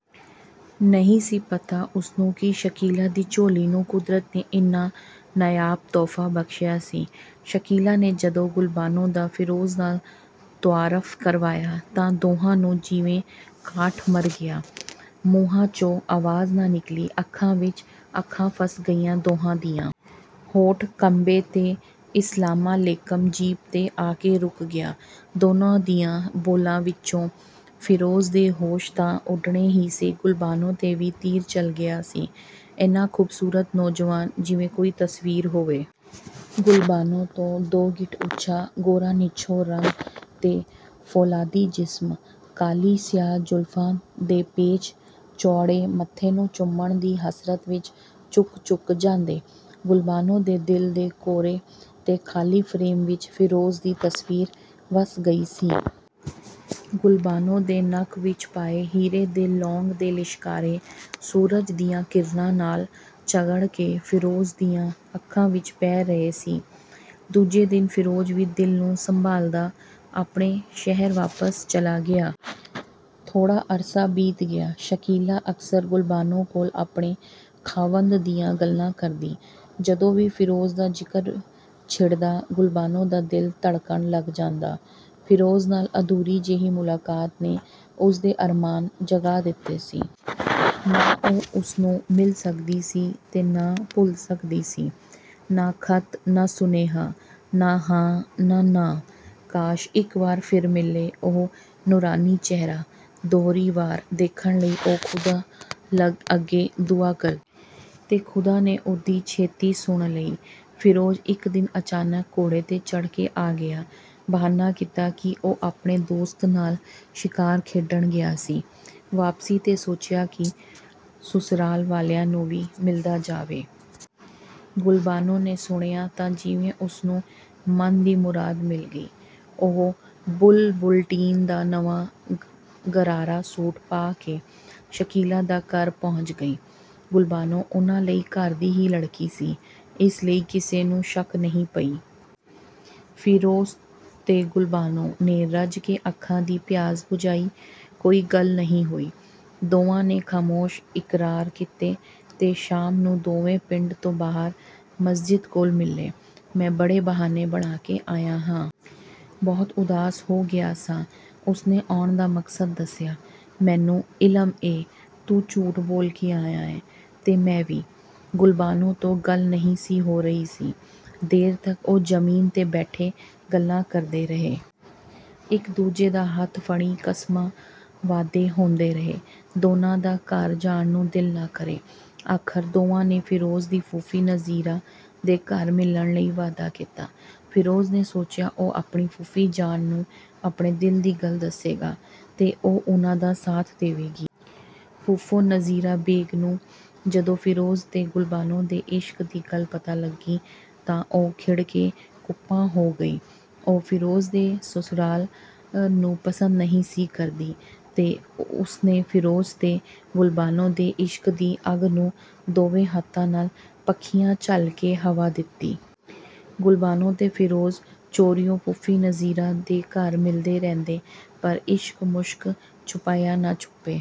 ਨਹੀ ਸੀ ਪਤਾ ਉਸਨੂੰ ਕਿ ਸ਼ਕੀਲਾ ਦੀ ਝੋਲੀ ਨੂੰ ਕੁਦਰਤ ਨੇ ਇੰਨ੍ਹਾ ਨਾਯਾਬ ਤੋਹਫਾ ਬਖਸ਼ਿਆ ਸੀ। ਸ਼ਕੀਲਾ ਨੇ ਜਦੋ ਗੁਲਬਾਨੋ ਦਾ ਫਿਰੋਜ਼ ਨਾਲ ਤੁਆਰਫ ਕਰਵਾਇਆ, ਤਾਂ ਦੋਹਾਂ ਨੂੰ ਜਿਵੇਂ ਕਾਠ ਮਾਰ ਗਿਆ। ਮੂੰਹਾਂ, ਚੋਂ ਆਵਾਜ਼ ਨਾ ਨਿੱਕਲੀ, ਅੱਖਾਂ ਵਿੱਚ ਅੱਖਾਂ ਫਸ ਗਈਆ ਦੋਹਾਂ ਦੀਆ। ਹੋਂਠ ਕੰਬੇਂ ਤੇ "ਇਸਲਾਮਾ ਲੇਕਮ"ਜੀਭ ਤੇ ਆ ਕੇ ਰੁਕ ਗਿਆ ਦੋਨਾਂ ਦੀਆ ਬੋਲਾ ਵਿਚੋ। ਫਿਰੋਜ਼ ਦੇ ਹੋਸ਼ ਤਾਂ ਉਡਣੇ ਹੀ ਸੀ ਗੁਲਬਾਨੋ ਤੇ ਵੀ ਤੀਰ ਚੱਲ ਗਿਆ ਸੀ। "ਏਨਾਂ ਖੂਬਸੂਰਤ ਨੌਜਵਾਨ..! ਜਿਵੇ ਕੋਈ ਤਸਵੀਰ ਹੋਵੇ। ਗੁਲਬਾਨੋ ਤੋਂ ਦੋ ਗਿੱਠ ਉਚਾ, ਗੋਰਾ ਨਿਛੋਹ ਰੰਗ, ਤੇ ਫ਼ੋਲਾਦੀ ਜਿਸਮ। ਕਾਲੀ ਸਿਆਹ ਜ਼ੁਲਫਾ ਦੇ ਪੇਚ ਚੌੜੇ ਮੱਥੇ ਨੂੰ ਚੁੰਮਣ ਦੀ ਹਸਰਤ ਵਿੱਚ ਝੁਕ ਝੁਕ ਜਾਂਦੇ। ਗੁਲਬਾਨੋ ਦੇ ਦਿਲ ਦੇ ਕੋਰੇ ਤੇ ਖਾਲੀ ਫਰੇਮ ਵਿੱਚ ਫਿਰੋਜ਼ ਦੀ ਤਸਵੀਰ ਵਸ ਗਈ ਸੀ। ਗੁਲਬਾਨੋ ਦੇ ਨੱਕ ਵਿੱਚ ਪਾਏ ਹੀਰੇ ਦੇ ਲੌਂਗ ਦੇ ਲਿਸ਼ਕਾਰੇ ਸੂਰਜ ਦੀਆਂ ਕਿਰਨਾਂ ਨਾਲ ਝਗੜ ਕੇ ਫਿਰੋਜ਼ ਦੀਆ ਅੱਖਾਂ ਵਿੱਚ ਪੈ ਰਹੇ ਸੀ। ਦੂਜੇ ਦਿਨ ਫਿਰੋਜ਼ ਵੀ ਦਿਲ ਨੂੰ ਸੰਭਾਲਦਾ ਆਪਣੇ ਸ਼ਹਿਰ ਵਾਪਸ ਚਲਾ ਗਿਆ। ਥੋੜ੍ਹਾ ਅਰਸਾ ਬੀਤ ਗਿਆ, ਸ਼ਕੀਲਾ ਅਕਸਰ ਗੁਲਬਾਨੋ ਕੋਲ ਆਪਣੇ ਖਾਵੰਦ ਦੀਆਂ ਗੱਲਾਂ ਕਰਦੀ। ਜਦੋ ਵੀ ਫਿਰੋਜ਼ ਦਾ ਜ਼ਿਕਰ ਛਿੜਦਾ ਗੁਲਬਾਨੋ ਦਾ ਦਿਲ ਧੜਕਣ ਲੱਗ ਜਾਂਦਾ। ਫਿਰੋਜ਼ ਨਾਲ ਅਧੂਰੀ ਜਿਹੀ ਮੁਲਾਕਾਤ ਨੇ ਉਸ ਦੇ ਅਰਮਾਨ ਜਗਾਅ ਦਿਤੇ ਸੀ। ਨਾ ਉਹ ਉਸ ਨੂੰ ਮਿਲ ਸਕਦੀ ਸੀ ਤੇ ਨਾ ਭੁੱਲ ਸਕਦੀ ਸੀ। ਨਾ ਖੱਤ ਨਾ ਸੁਨੇਹਾ। ਨਾ ਹਾਂ, ਨਾ ਨਾਂਹ। ਕਾਸ਼! ਇਕ ਵਾਰ ਫਿਰ ਮਿਲੇ, ਉਹ ਨੂਰਾਨੀ ਚਿਹਰਾ ਦੂਹਰੀ ਵਾਰ ਦੇਖਣ ਲਈ ਉਹ ਖੁਦਾ ਅੱਗੇ ਦੁਆ ਕਰਦੀ। ਤੇ ਖੁਦਾ ਨੇ ਉਹਦੀ ਛੇਤੀ ਸੁਣ ਲਈ। ਫਿਰੋਜ਼ ਇਕ ਦਿਨ ਅਚਾਨਕ ਘੋੜੇ ਤੇ ਚੜ੍ਹ ਕੇ ਆ ਗਿਆ। ਬਹਾਨਾ ਕੀਤਾ ਕਿ ਉਹ ਆਪਣੇ ਦੋਸਤ ਨਾਲ ਸ਼ਿਕਾਰ ਖੇਡਣ ਗਿਆ ਸੀ। ਵਾਪਸੀ ਤੇ ਸੋਚਿਆ ਕਿ ਸੁਸਰਾਲ ਵਾਲਿਆ ਨੂੰ ਵੀ ਮਿਲਦਾ ਜਾਵੇ। ਗੁਲਬਾਨੋ ਨੇ ਸੁਣਿਆ ਤਾਂ ਜਿਵੇਂ ਉਸਨੂੰ ਮਨ ਦੀ ਮੁਰਾਦ ਮਿਲ ਗਈ, ਉਹ ਬੁਲਬੁਲਟੀਨ ਦਾ ਨਵਾਂ ਗਰਾਰਾ ਸੂਟ ਪਾ ਕੇ ਸ਼ਕੀਲਾ ਦਾ ਘਰ ਪਹੁੰਚ ਗਈ। ਗੁਲਬਾਨੋ ਉਨ੍ਹਾਂ ਲਈ ਘਰ ਦੀ ਹੀ ਲੜਕੀ ਸੀ, ਇਸ ਲਈ ਕਿਸੇ ਨੂੰ ਸ਼ੱਕ ਨਹੀ ਪਈ। ਫਿਰੋਜ਼ ਤੇ ਗੁਲਬਾਨੋ ਨੇ ਰੱਜ ਕੇ ਅੱਖਾਂ ਦੀ ਪਿਆਸ ਬੁਝਾਈ, ਕੋਈ ਗੱਲ ਨਹੀ ਹੋਈ। ਦੋਵਾਂ ਨੇ ਖਾਮੋਸ਼ ਇਕਰਾਰ ਕੀਤੇ ਤੇ ਸ਼ਾਮ ਨੂੰ ਦੋਵੇਂ ਪਿੰਡ ਤੋਂ ਬਾਹਰ ਮਸਜਿਦ ਕੋਲ ਮਿਲੇ। ਮੈਂ ਬੜੇ ਬਹਾਨੇ ਬਣਾਕੇ ਆਇਆ ਹਾਂ। ਬਹੁਤ ਉਦਾਸ ਹੋ ਗਿਆ ਸਾਂ, ਉਸਨੇ ਆਉਣ ਦਾ ਮਕਸਦ ਦੱਸਿਆ। "ਮੈਨੂੰ ਇਲਮ ਏ…. ਤੂੰ ਝੂਠ ਬੋਲ ਕੇ ਆਇਆ ਏ… ਤੇ ਮੈਂ ਵੀ… ਗੁਲਬਾਨੋ ਤੋਂ ਗੱਲ ਨਹੀ ਸੀ ਹੋ ਰਹੀ ਸੀ। ਦੇਰ ਤੱਕ ਉਹ ਜ਼ਮੀਨ ਤੇ ਬੈਠੇ ਗੱਲਾਂ ਕਰਦੇ ਰਹੇ। ਇਕ-ਦੂਜੇ ਦਾ ਹੱਥ ਫੜੀ ਕਸ਼ਮਾਂ-ਵਾਅਦੇ ਹੁੰਦੇ ਰਹੇ। ਦੋਨਾਂ ਦਾ ਘਰ ਜਾਣ ਨੂੰ ਦਿਲ ਨਾ ਕਰੇ। ਆਖ਼ਰ ਦੋਵਾਂ ਨੇ ਫਿਰੋਜ਼ ਦੀ ਫੂਫੀ ਨਜ਼ੀਰਾਂ ਦੇ ਘਰ ਮਿਲਣ ਲਈ ਵਾਅਦਾ ਕੀਤਾ। ਫਿਰੋਜ਼ ਨੇ ਸੋਚਿਆ ਉਹ ਆਪਣੀ ਫੂਫੀ ਜਾਨ ਨੂੰ ਆਪਣੇ ਦਿਲ ਦੀ ਗੱਲ ਦੱਸੇਗਾ ਤੇ ਉਹ ਉਨ੍ਹਾਂ ਦਾ ਸਾਥ ਦੇਵੇਗੀ। ਫੂਫੋ 'ਨਜ਼ੀਰਾਂ ਬੇਗ' ਨੂੰ ਜਦੋ ਫਿਰੋਜ਼ ਤੇ ਗੁਲਬਾਨੋ ਦੇ ਇਸ਼ਕ ਦੀ ਗੱਲ ਪਤਾ ਲੱਗੀ ਤਾਂ ਉਹ ਖਿੜ ਕੇ ਕੁੱਪਾ ਹੋ ਗਈ। ਉਹ ਫਿਰੋਜ਼ ਦੇ ਸੁਸਰਾਲ ਨੂੰ ਪਸੰਦ ਨਹੀ ਸੀ ਕਰਦੀ ਤੇ ਉਸਨੇ ਫਿਰੋਜ਼ ਤੇ ਗੁਲਬਾਨੋ ਦੇ ਇਸ਼ਕ ਦੀ ਅੱਗ ਨੂੰ ਦੋਵੇਂ ਹੱਥਾਂ ਨਾਲ ਪੱਖੀਆ ਝੱਲਕੇ ਹਵਾ ਦਿਤੀ। ਗੁਲਬਾਨੋ ਤੇ ਫਿਰੋਜ਼ ਚੋਰੀਉ ਫੂਫੀ ਨਜ਼ੀਰਾਂ ਦੇ ਘਰ ਮਿਲਦੇ ਰਹਿੰਦੇ, ਪਰ ਇਸ਼ਕ-ਮੁਸ਼ਕ ਛੁਪਾਇਆ ਨਾ ਛੁੱਪੇ।